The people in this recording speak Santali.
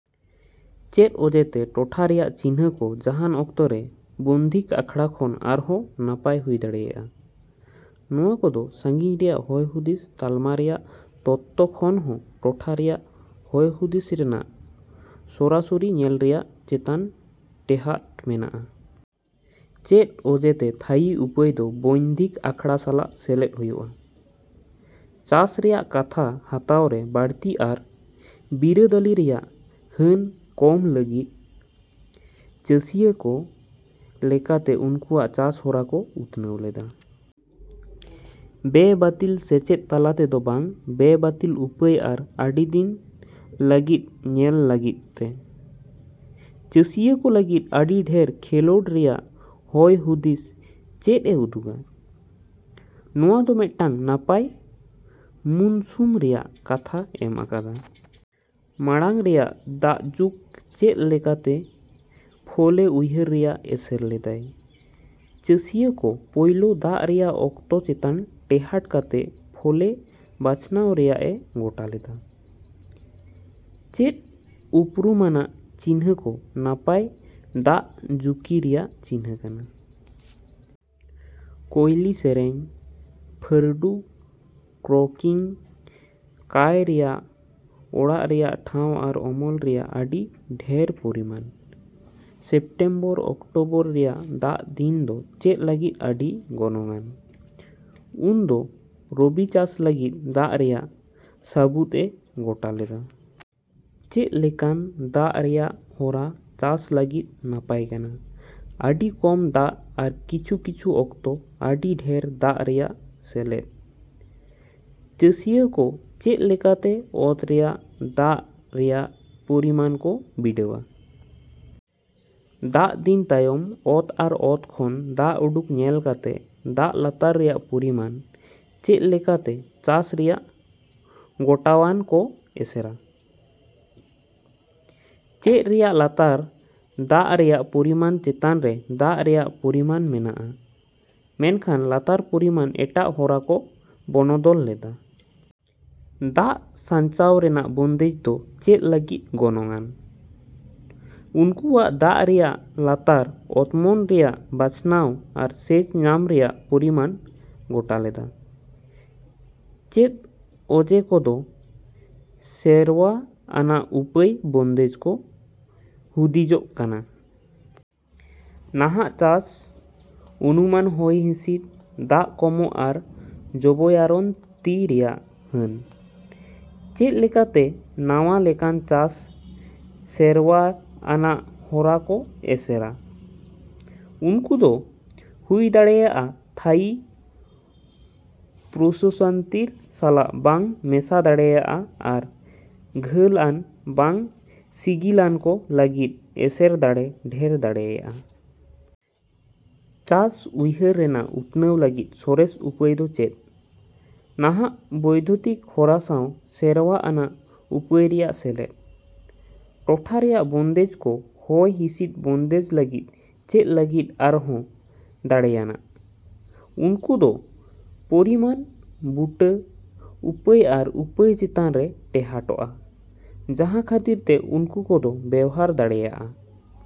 ᱪᱮᱫ ᱚᱡᱮᱛᱮ ᱴᱚᱴᱷᱟ ᱨᱮᱭᱟᱜ ᱪᱤᱱᱦᱟᱹ ᱠᱚ ᱡᱟᱦᱟᱱ ᱚᱠᱛᱮ ᱨᱮ ᱵᱳᱭᱱᱫᱷᱤᱠ ᱟᱠᱷᱟᱲᱟ ᱠᱷᱚᱱ ᱟᱨᱦᱚᱸ ᱱᱟᱯᱟᱭ ᱦᱩᱭ ᱫᱟᱲᱮᱭᱟᱜᱼᱟ? ᱱᱚᱶᱟ ᱠᱚᱫᱚ ᱥᱟᱹᱜᱤᱧ ᱨᱮᱭᱟᱜ ᱦᱚᱭᱦᱩᱫᱤᱥ ᱛᱟᱞᱢᱟ ᱨᱮᱭᱟᱜ ᱛᱚᱛᱛᱟ ᱠᱷᱚᱱ ᱦᱚᱸ ᱴᱚᱴᱷᱟ ᱨᱮᱭᱟᱜ ᱦᱚᱭᱦᱩᱫᱤᱥ ᱨᱮᱭᱟᱜ ᱥᱚᱨᱟᱥᱚᱨᱤ ᱧᱮᱞ ᱨᱮᱭᱟᱜ ᱪᱮᱛᱟᱱ ᱴᱮᱦᱟᱴ ᱢᱮᱱᱟᱜᱼᱟ ᱾ ᱪᱮᱫ ᱚᱡᱮᱛᱮ ᱛᱷᱟᱭᱤ ᱩᱯᱟᱹᱭ ᱫᱚ ᱵᱳᱭᱱᱫᱷᱤᱠ ᱟᱠᱷᱟᱲᱟ ᱥᱟᱞᱟᱜ ᱥᱮᱞᱮᱫ ᱦᱳᱭᱳᱜᱼᱟ ᱾ ᱪᱟᱥ ᱨᱮᱭᱟᱜ ᱠᱟᱛᱷᱟ ᱦᱟᱛᱟᱣ ᱨᱮ ᱵᱟᱹᱲᱛᱤ ᱟᱨ ᱵᱤᱨᱟᱹᱫᱟᱹᱞᱤ ᱨᱮᱭᱟᱜ ᱦᱟᱹᱱ ᱠᱚᱢ ᱞᱟᱹᱜᱤᱫ ᱾ ᱪᱟᱥᱤᱭᱟᱹ ᱠᱚ ᱪᱮᱫ ᱞᱮᱠᱟᱛᱮ ᱩᱱᱠᱩᱭᱟᱜ ᱪᱟᱥ ᱦᱚᱨᱟ ᱠᱚ ᱩᱛᱱᱟᱹᱣ ᱞᱮᱫᱟ ᱾ ᱵᱮᱼᱵᱟᱹᱛᱤᱞ ᱥᱮᱪᱮᱫ ᱛᱟᱞᱟᱛᱮ ᱫᱚ ᱵᱟᱝ, ᱵᱮᱼᱵᱟᱹᱛᱤᱞ ᱩᱯᱟᱹᱭ ᱟᱨ ᱟᱹᱰᱤ ᱫᱤᱱ ᱞᱟᱹᱜᱤᱫ ᱧᱮᱞ ᱞᱟᱹᱜᱤᱫ ᱛᱮ ᱾ ᱪᱟᱥᱤᱭᱟᱹ ᱠᱚ ᱞᱟᱹᱜᱤᱫ ᱟᱹᱰᱤ ᱰᱷᱮᱨ ᱠᱷᱮᱹᱞᱳᱰ ᱨᱮᱭᱟᱜ ᱦᱚᱭᱦᱩᱫᱤᱥ ᱪᱮᱫ ᱮ ᱩᱫᱩᱜᱟ? ᱱᱚᱶᱟ ᱫᱚ ᱢᱤᱫᱴᱟᱝ ᱱᱟᱯᱟᱭ ᱢᱩᱱᱥᱩᱢ ᱨᱮᱭᱟᱜ ᱠᱟᱛᱷᱟ ᱮᱢ ᱟᱠᱟᱫᱟ ᱾ ᱢᱟᱲᱟᱝ ᱨᱮᱭᱟᱜ ᱫᱟᱜᱡᱩᱠ ᱪᱮᱫ ᱞᱮᱠᱟᱛᱮ ᱯᱷᱚᱞᱮ ᱩᱭᱦᱟᱹᱨ ᱨᱮᱭᱟᱜ ᱮᱥᱮᱨ ᱞᱮᱫᱟᱭ ᱾ ᱪᱟᱥᱤᱭᱟᱹ ᱠᱚ ᱯᱳᱭᱞᱳ ᱫᱟᱜ ᱨᱮᱭᱟᱜ ᱚᱠᱛᱚ ᱪᱮᱛᱟᱱ ᱴᱮᱦᱟᱴ ᱠᱟᱛᱮ ᱯᱷᱚᱞᱮ ᱵᱟᱪᱷᱱᱟᱣ ᱨᱮᱭᱟᱜ ᱮ ᱜᱚᱴᱟ ᱞᱮᱫᱟ ᱾ ᱪᱮᱫ ᱩᱯᱨᱩᱢᱟᱱᱟᱜ ᱪᱤᱱᱦᱟᱹ ᱠᱚ ᱱᱟᱯᱟᱭ ᱫᱟᱜᱡᱩᱠᱤ ᱨᱮᱭᱟᱜ ᱪᱤᱱᱦᱟᱹ ᱠᱟᱱᱟ? ᱠᱳᱭᱞᱤ ᱥᱮᱹᱨᱮᱹᱧ, ᱯᱷᱟᱹᱨᱰᱩ ᱠᱨᱚᱠᱤᱝ, ᱠᱟᱣ ᱨᱮᱭᱟᱜ ᱚᱲᱟᱜ ᱨᱮᱭᱟᱜ ᱴᱷᱟᱶ ᱟᱨ ᱟᱢᱚᱞ ᱨᱮᱭᱟᱜ ᱟᱹᱰᱤ ᱰᱷᱮᱨ ᱯᱚᱨᱤᱢᱟᱱ ᱾ ᱥᱮᱯᱴᱮᱢᱵᱚᱨᱼ ᱚᱠᱴᱳᱵᱚᱨ ᱨᱮᱭᱟᱜ ᱫᱟᱜ ᱫᱤᱱ ᱫᱚ ᱪᱮᱫ ᱞᱟᱹᱜᱤᱫ ᱟᱹᱰᱤ ᱜᱚᱱᱚᱝ ᱟᱱ? ᱩᱱ ᱫᱚ ᱨᱚᱵᱤ ᱪᱟᱥ ᱞᱟᱹᱜᱤᱫ ᱫᱟᱜ ᱨᱮᱭᱟᱜ ᱥᱟᱹᱵᱩᱫ ᱮ ᱜᱚᱴᱟ ᱞᱮᱫᱟ ᱾ ᱪᱮᱫ ᱞᱮᱠᱟᱱ ᱫᱟᱜ ᱨᱮᱭᱟᱜ ᱦᱚᱨᱟ ᱪᱟᱥ ᱞᱟᱹᱜᱤᱫ ᱱᱟᱯᱟᱭ ᱠᱟᱱᱟ? ᱟᱹᱰᱤ ᱠᱚᱢ ᱫᱟᱜ ᱟᱨ ᱠᱤᱪᱷᱩ ᱠᱤᱪᱷᱩ ᱚᱠᱛᱚ ᱟᱹᱰᱤ ᱰᱷᱮᱨ ᱫᱟᱜ ᱨᱮᱭᱟᱜ ᱥᱮᱞᱮᱫ ᱾ ᱪᱟᱥᱤᱭᱟᱹ ᱠᱚ ᱪᱮᱫ ᱞᱮᱠᱟᱛᱮ ᱚᱛ ᱨᱮᱭᱟᱜ ᱫᱟᱜ ᱨᱮᱭᱟᱜ ᱯᱚᱨᱤᱢᱟᱱ ᱠᱚ ᱵᱤᱰᱟᱹᱣᱼᱟ? ᱫᱟᱜ ᱫᱤᱱ ᱛᱟᱭᱚᱢ ᱚᱛ ᱟᱨ ᱚᱛ ᱠᱷᱚᱱ ᱫᱟᱜ ᱩᱰᱩᱠ ᱧᱮᱞ ᱠᱟᱛᱮ ᱾ ᱫᱟᱜ ᱞᱟᱛᱟᱨ ᱨᱮᱭᱟᱜ ᱯᱚᱨᱤᱢᱟᱱ ᱪᱮᱫ ᱞᱮᱠᱟᱛᱮ ᱪᱟᱥ ᱨᱮᱭᱟᱜ ᱜᱚᱴᱟᱣᱟᱱ ᱠᱚ ᱮᱥᱮᱨᱼᱟ? ᱫᱟᱜ ᱨᱮᱭᱟᱜ ᱞᱟᱛᱟᱨ ᱫᱟᱜ ᱨᱮᱭᱟᱜ ᱯᱚᱨᱤᱢᱟᱱ ᱪᱮᱛᱟᱱ ᱨᱮ ᱫᱟᱜ ᱨᱮᱭᱟᱜ ᱯᱚᱨᱤᱢᱟᱱ ᱢᱮᱱᱟᱜ ᱟ, ᱢᱮᱱᱠᱷᱟᱱ ᱞᱟᱛᱟᱨ ᱯᱚᱨᱤᱢᱟᱱ ᱮᱴᱟᱜ ᱦᱚᱨᱟ ᱠᱚ ᱵᱚᱱᱚᱫᱚᱞ ᱞᱮᱫᱟ ᱾ ᱫᱟᱜ ᱥᱟᱧᱪᱟᱣ ᱨᱮᱭᱟᱜ ᱵᱚᱱᱫᱮᱡ ᱫᱚ ᱪᱮᱫ ᱞᱟᱹᱜᱤᱫ ᱜᱚᱱᱚᱝ ᱟᱱ? ᱩᱱᱠᱩᱭᱟᱜ ᱫᱟᱜ ᱨᱮᱭᱟᱜ ᱞᱟᱛᱟᱨ ᱚᱛᱢᱚᱱ ᱨᱮᱭᱟᱜ ᱵᱟᱪᱷᱱᱟᱣ ᱟᱨ ᱥᱮᱪ ᱧᱟᱢ ᱨᱮᱭᱟᱜ ᱯᱚᱨᱤᱢᱟᱱ ᱜᱚᱴᱟ ᱞᱮᱫᱟ ᱾ ᱪᱮᱫ ᱚᱡᱮ ᱠᱚᱫᱚ ᱥᱮᱨᱣᱟ ᱟᱱᱟᱜ ᱩᱯᱟᱹᱭ ᱵᱚᱱᱫᱮᱡ ᱠᱚ ᱦᱤᱫᱤᱡᱚᱜ ᱠᱟᱱᱟ? ᱱᱟᱦᱟᱜ ᱪᱟᱥ, ᱚᱱᱩᱢᱟᱹᱱ ᱦᱚᱭᱦᱤᱥᱤᱫ, ᱫᱟᱜ ᱠᱚᱢᱚᱜ ᱟᱨ ᱡᱚᱵᱚᱭᱟᱨᱚᱱᱛᱤ ᱨᱮᱭᱟᱜ ᱦᱟᱹᱱ ᱾ ᱪᱮᱫ ᱞᱮᱠᱟᱛᱮ ᱱᱟᱶᱟ ᱞᱮᱠᱟᱱ ᱪᱟᱥ ᱥᱮᱨᱣᱟ ᱟᱱᱟᱜ ᱦᱚᱨᱟ ᱠᱚ ᱮᱥᱮᱨᱼᱟ? ᱩᱱᱠᱩ ᱫᱚ ᱦᱩᱭᱫᱟᱲᱮᱭᱟᱜᱼᱟ ᱛᱷᱟᱭᱤ ᱯᱚᱨᱤᱥᱩᱛᱚᱱᱛᱚᱨᱚ ᱥᱟᱞᱟᱜ ᱵᱟᱝ ᱢᱮᱥᱟ ᱫᱟᱲᱮᱭᱟᱜᱼᱟ ᱟᱨ ᱜᱷᱟᱹᱞᱟᱱ ᱟᱨ ᱵᱟᱝ ᱥᱤᱜᱤᱞᱟᱱ ᱠᱚ ᱞᱟᱹᱜᱤᱫ ᱮᱥᱮᱨ ᱫᱟᱲᱮ ᱰᱷᱮᱨ ᱫᱟᱲᱮᱭᱟᱜᱼᱟ ᱾ ᱪᱟᱥ ᱩᱭᱦᱟᱹᱨ ᱨᱮᱭᱟᱜ ᱩᱛᱱᱟᱹᱣ ᱞᱟᱹᱜᱤᱫ ᱥᱚᱨᱮᱥ ᱩᱯᱟᱹᱭ ᱫᱚ ᱪᱮᱫ? ᱱᱟᱦᱟᱜ ᱵᱳᱭᱫᱽᱛᱤᱠ ᱦᱚᱨᱟ ᱥᱟᱶ ᱥᱮᱨᱣᱟ ᱟᱱᱟᱜ ᱩᱯᱟᱹᱭ ᱨᱮᱭᱟᱜ ᱥᱮᱞᱮᱫ ᱾ ᱴᱚᱴᱷᱟ ᱨᱮᱭᱟᱜ ᱵᱚᱱᱫᱮᱡ ᱠᱚ ᱦᱚᱭ ᱦᱤᱥᱤᱫ ᱵᱚᱱᱫᱮᱡ ᱞᱟᱹᱜᱤᱫ ᱪᱮᱫ ᱞᱟᱹᱜᱤᱫ ᱟᱨᱦᱚᱸ ᱫᱟᱲᱮᱹᱣᱟᱱᱟᱜ? ᱩᱱᱠᱚ ᱫᱚ ᱯᱚᱨᱤᱢᱟᱱᱼᱵᱩᱴᱟᱹ ᱩᱯᱟᱹᱭ ᱟᱨ ᱩᱯᱟᱹᱭ ᱪᱮᱛᱟᱱ ᱨᱮ ᱴᱮᱦᱟᱴᱚᱜᱼᱟ, ᱡᱟᱦᱟᱸ ᱠᱷᱟᱹᱛᱤᱨ ᱛᱮ ᱩᱱᱟ ᱠᱚᱫᱚ ᱵᱮᱣᱦᱟᱨ ᱫᱟᱲᱮᱹᱭᱟᱜᱼᱟ ᱾